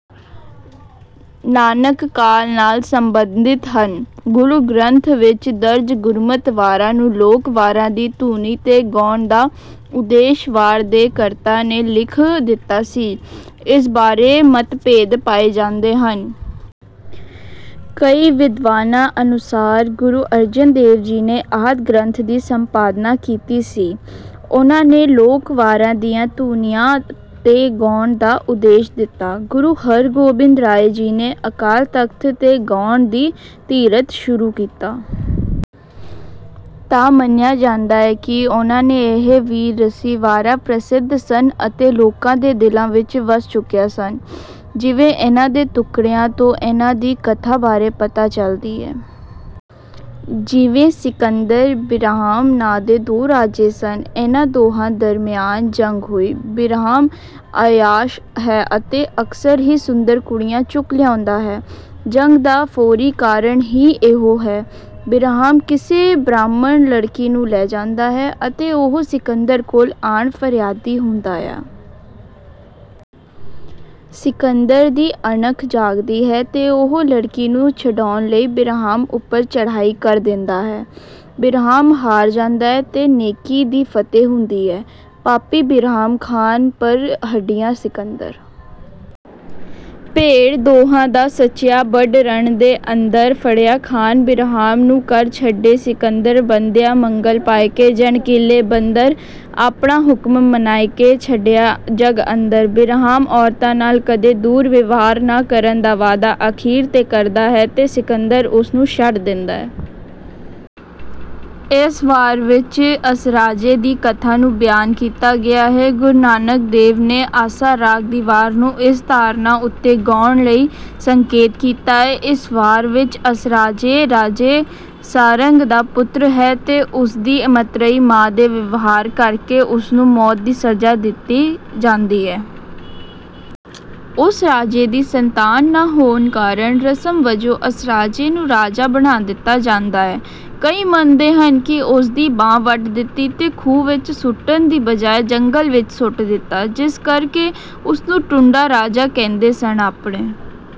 ਨਾਨਕ ਕਾਲ ਨਾਲ ਸਬੰਧਿਤ ਹਨ। ਗੁਰੂ ਗ੍ਰੰਥ ਵਿੱਚ ਦਰਜ ਗੁਰਮਤਿ ਵਾਰਾਂ ਨੂੰ ਲੋਕ ਵਾਰਾਂ ਦੀ ਧੁਨੀ ਤੇ ਗਾਉਣ ਦਾ ਉਦੇਸ਼ ਵਾਰ ਦੇ ਕਰਤਾ ਨੇ ਲਿਖ ਦਿੱਤਾ ਸੀ। ਇਸ ਬਾਰੇ ਮਤਭੇਦ ਪਾਏ ਜਾਂਦੇ ਹਨ। ਕਈ ਵਿਦਵਾਨਾਂ ਅਨੁਸਾਰ ਗੁਰੂ ਅਰਜਨ ਦੇਵ ਜੀ ਨੇ ਆਦਿ ਗ੍ਰੰਥ ਦੀ ਸੰਪਾਦਨਾ ਕੀਤੀ ਸੀ। ਉਹਨਾਂ ਨੇ ਲੋਕ ਵਾਰਾਂ ਦੀਆਂ ਧੁਨੀਆਂ ਤੇ ਗਾਉਣ ਦਾ ਉਦੇਸ਼ ਦਿੱਤਾ। ਗੁਰੂ ਹਰ ਗੋਬਿੰਦ ਰਾਏ ਜੀ ਨੇ ਅਕਾਲ ਤਖ਼ਤ ਤੇ ਗਾਉਣ ਦੀ ਧਿਰਤ ਸ਼ੁਰੂ ਕੀਤਾ। ਤਾਂ ਮੰਨਿਆ ਜਾਂਦਾ ਹੈ ਕਿ ਉਹਨਾਂ ਨੇ ਇਹ ਵੀਰ ਰਸੀ ਵਾਰਾਂ ਪ੍ਰਸਿੱਧ ਸਨ ਅਤੇ ਲੋਕਾਂ ਦੇ ਦਿਲਾਂ ਵਿੱਚ ਵਸ ਚੁੱਕੀਆਂ ਸਨ। ਜਿਵੇਂ ਇਹਨਾਂ ਦੇ ਟੁਕੜਿਆਂ ਤੋਂ ਇਹਨਾਂ ਦੀ ਕਥਾ ਬਾਰੇ ਪਤਾ ਚਲਦੀ ਹੈ। ਜਿਵੇਂ ਸਿਕੰਦਰ ਤੇ ਬਿਰਾਹਮ ਨਾਂ ਦੇ ਦੋ ਰਾਜੇ ਸਨ। ਇਹਨਾਂ ਦੋਹਾਂ ਦਰਮਿਆਨ ਜੰਗ ਹੋਈ। ਬਿਰਾਹਮ ਅੱਯਾਸ਼ ਹੈ ਅਤੇ ਅਕਸਰ ਹੀ ਸੁੰਦਰ ਕੁੜੀਆਂ ਚੁੱਕ ਲਿਆਉਂਦਾ ਹੈ। ਜੰਗ ਦਾ ਫੌਰੀ ਕਾਰਨ ਵੀ ਇਹੋ ਹੈ। ਬਿਰਾਹਮ ਕਿਸੇ ਬ੍ਰਾਹਮਣ ਲੜਕੀ ਨੂੰ ਲੈ ਜਾਂਦਾ ਹੈ ਅਤੇ ਉਹ ਸਿਕੰਦਰ ਕੋਲ ਆਣ ਫਰਿਆਦੀ ਹੁੰਦਾ ਹੈ। ਸਿਕੰਦਰ ਦੀ ਅਣਖ ਜਾਗਦੀ ਹੈ ਤੇ ਉਹ ਲੜਕੀ ਨੂੰ ਛੁਡਾਉਣ ਲਈ ਬਿਰਾਹਮ ਉਪਰ ਚੜ੍ਹਾਈ ਕਰ ਦਿੰਦਾ ਹੈ। ਬਿਰਾਹਮ ਹਾਰ ਜਾਂਦਾ ਹੈ ਤੇ ਨੇਕੀ ਦੀ ਫਤਹਿ ਹੁੰਦੀ ਹੈ। ਪਾਪੀ ਬਿਰਾਹਮ ਖਾਨ ਪਰ ਹਢਿਆ ਸਿਕੰਦਰ। ਭੇੜ ਦੋਹਾਂ ਦਾ ਸੱਚਿਆਂ ਬਡ ਰਣ ਦੇ ਅੰਦਰ ਫੜ੍ਹਿਆ ਖਾਨ ਬਿਰਾਹਮ ਨੂੰ ਕਰ ਛਡੇ ਸਿਕੰਦਰ ਬੱਧਯਾ ਮੰਗਲ ਪਾਇਕੇ ਜਣ ਕੀਲੇ ਬੰਦਰ। ਆਪਣਾ ਹੁਕਮ ਮਨਾਇਕੈ ਛਡਿਯਾ ਜੱਗ ਅੰਦਰ। ਬਿਰਾਹਮ ਔਰਤਾਂ ਨਾਲ ਕਦੇ ਦੁਰਵਿਵਹਾਰ ਨਾ ਕਰਨ ਦਾ ਵਾਅਦਾ ਅਖੀਰ ਤੇ ਕਰਦਾ ਹੈ ਤੇ ਸਿਕੰਦਰ ਉਸਨੂੰ ਛੱਡ ਦਿੰਦਾ ਹੈ। ਇਸ ਵਾਰ ਵਿੱਚ ਅਸਰਾਜੇ ਦੀ ਕਥਾ ਨੂੰ ਬਿਆਨ ਕੀਤਾ ਗਿਆ ਹੈ। ਗੁਰੂ ਨਾਨਕ ਦੇਵ ਨੇ ਆਸਾ ਰਾਗ ਦੀ ਵਾਰ ਨੂੰ ਇਸ ਧਾਰਨਾ ਉਤੇ ਗਾਉਣ ਲਈ ਸੰਕੇਤ ਕੀਤਾ ਹੈ। ਇਸ ਵਾਰ ਵਿੱਚ ਅਸਰਾਜੇ ਰਾਜੇ ਸਾਰੰਗ ਦਾ ਪੁੱਤਰ ਹੈ ਤੇ ਉਸਦੀ ਮਤਰੇਈ ਮਾਂ ਦੇ ਵਿਵਹਾਰ ਕਰਕੇ ਉਸਨੂੰ ਮੌਤ ਦੀ ਸਜ਼ਾ ਦਿੱਤੀ ਜਾਂਦੀ ਹੈ। ਉਸ ਰਾਜੇ ਦੀ ਸੰਤਾਨ ਨਾ ਹੋਣ ਕਾਰਨ ਰਸਮ ਵਜੋਂ ਅਸਰਾਜੇ ਨੂੰ ਰਾਜਾ ਬਣਾ ਦਿੱਤਾ ਜਾਂਦਾ ਹੈ। ਕਈ ਮੰਨਦੇ ਹਨ ਕਿ ਉਸ ਦੀ ਬਾਂਹ ਵੱਢ ਦਿੱਤੀ ਤੇ ਖੂਹ ਵਿੱਚ ਸੁੱਟਣ ਦੀ ਬਜਾਏ ਜੰਗਲ ਵਿੱਚ ਸੁੱਟ ਦਿੱਤਾ। ਜਿਸ ਕਰਕੇ ਉਸਨੂੰ ਟੁੰਡਾ ਰਾਜਾ ਕਹਿੰਦੇ ਸਨ। ਆਪਣੇ